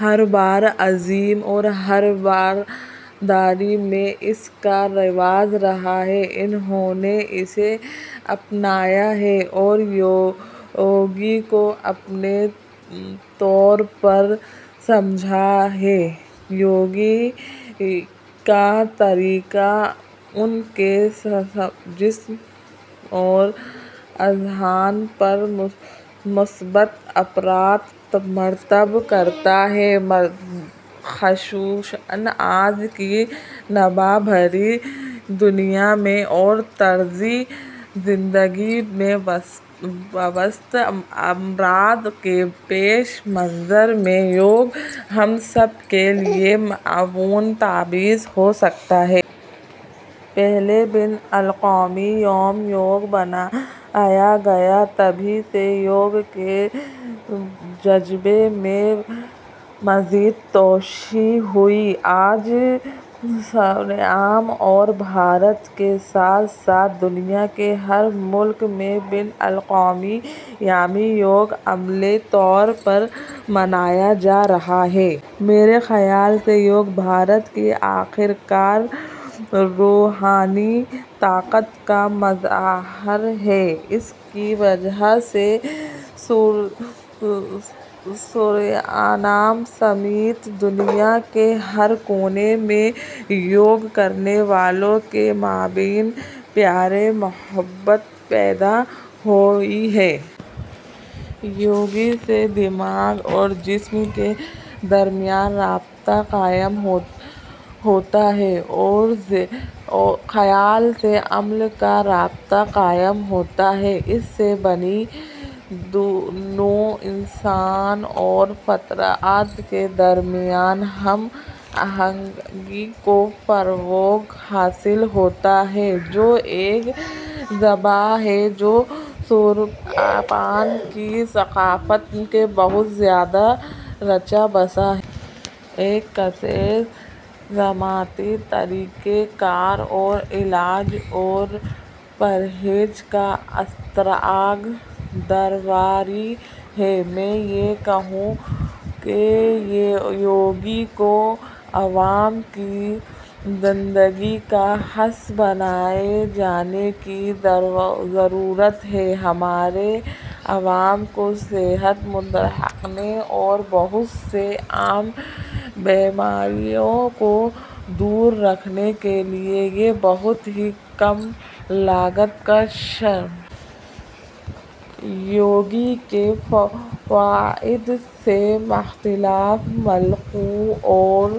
ہر براعظم اور ہر برادری میں اس کا رواج رہا ہے، انھوں نے اسے اپنایا ہے اور یوگ کو اپنے طور پر سمجھا ہے۔ یوگ کا طریقہ ان کے جسم اور اذہان پر مثبت اثرات مرتب کرتا ہے، خصوصاً آج کی تناؤ بھری دنیا میں اور طرزِ زندگی سے وابستہ امراض کے پس منظر میں یوگ ہم سب کے لیے معاون ثابت ہو سکتا ہے۔ پہلا بین الاقوامی یومِ یوگ منایا گیا، تبھی سے یوگ کے جذبے میں مزید توسیع ہوئی۔ آج سورینام اور بھارت کے ساتھ ساتھ دنیا کے ہر ملک میں بین الاقوامی یومِ یوگ عملی طور پر منایا جا رہا ہے۔ میرے خیال سے یوگ بھارت کی آخرکار روحانی طاقت کا مظاہرہ ہے۔ اس کی وجہ سے سورینام سمیت دنیا کے ہر کونے میں یوگ کرنے والوں کے مابین پیار محبت پیدا ہوا ہے۔ یوگ سے دماغ اور جسم کے درمیان ربط قائم ہوتا ہے اور خیال سے عمل کا رابطہ قائم ہوتا ہے۔ اس سے بنی نوع انسان اور فطرت کے درمیان ہم آہنگی کو فروغ حاصل ہوتا ہے، جو ایک جذبہ ہے جو سورینام کی ثقافت میں بہت زیادہ رچا بسا ہے۔ ایک کثیر جہتی طریقۂ کار اور علاج اور پرہیز کا اشتراک ضروری ہے۔ میں یہ کہوں گا کہ یوگ کو عوام کی زندگی کا حصہ بنائے جانے کی ضرورت ہے۔ ہمارے عوام کو صحت مند رکھنے اور بہت سی عام بیماریوں کو دور رکھنے کے لیے یہ بہت ہی کم لاگت کا سرمایہ ہے۔ یوگ کے فوائد سے مختلف ملکوں اور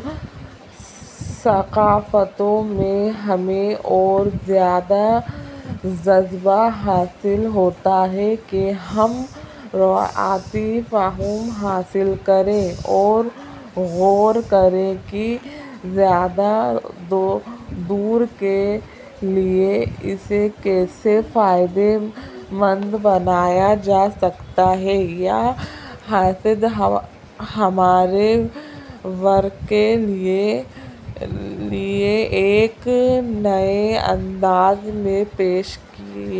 ثقافتوں میں ہمیں اور زیادہ جذبہ حاصل ہوتا ہے کہ ہم روایتی فہم حاصل کریں اور غور کریں کہ جدید دور کے لیے اسے کیسے فائدے مند بنایا جا سکتا ہے، یا محض ہمارے دور کے لیے اسے ایک نئے انداز میں پیش کیا جائے۔ سورینام اور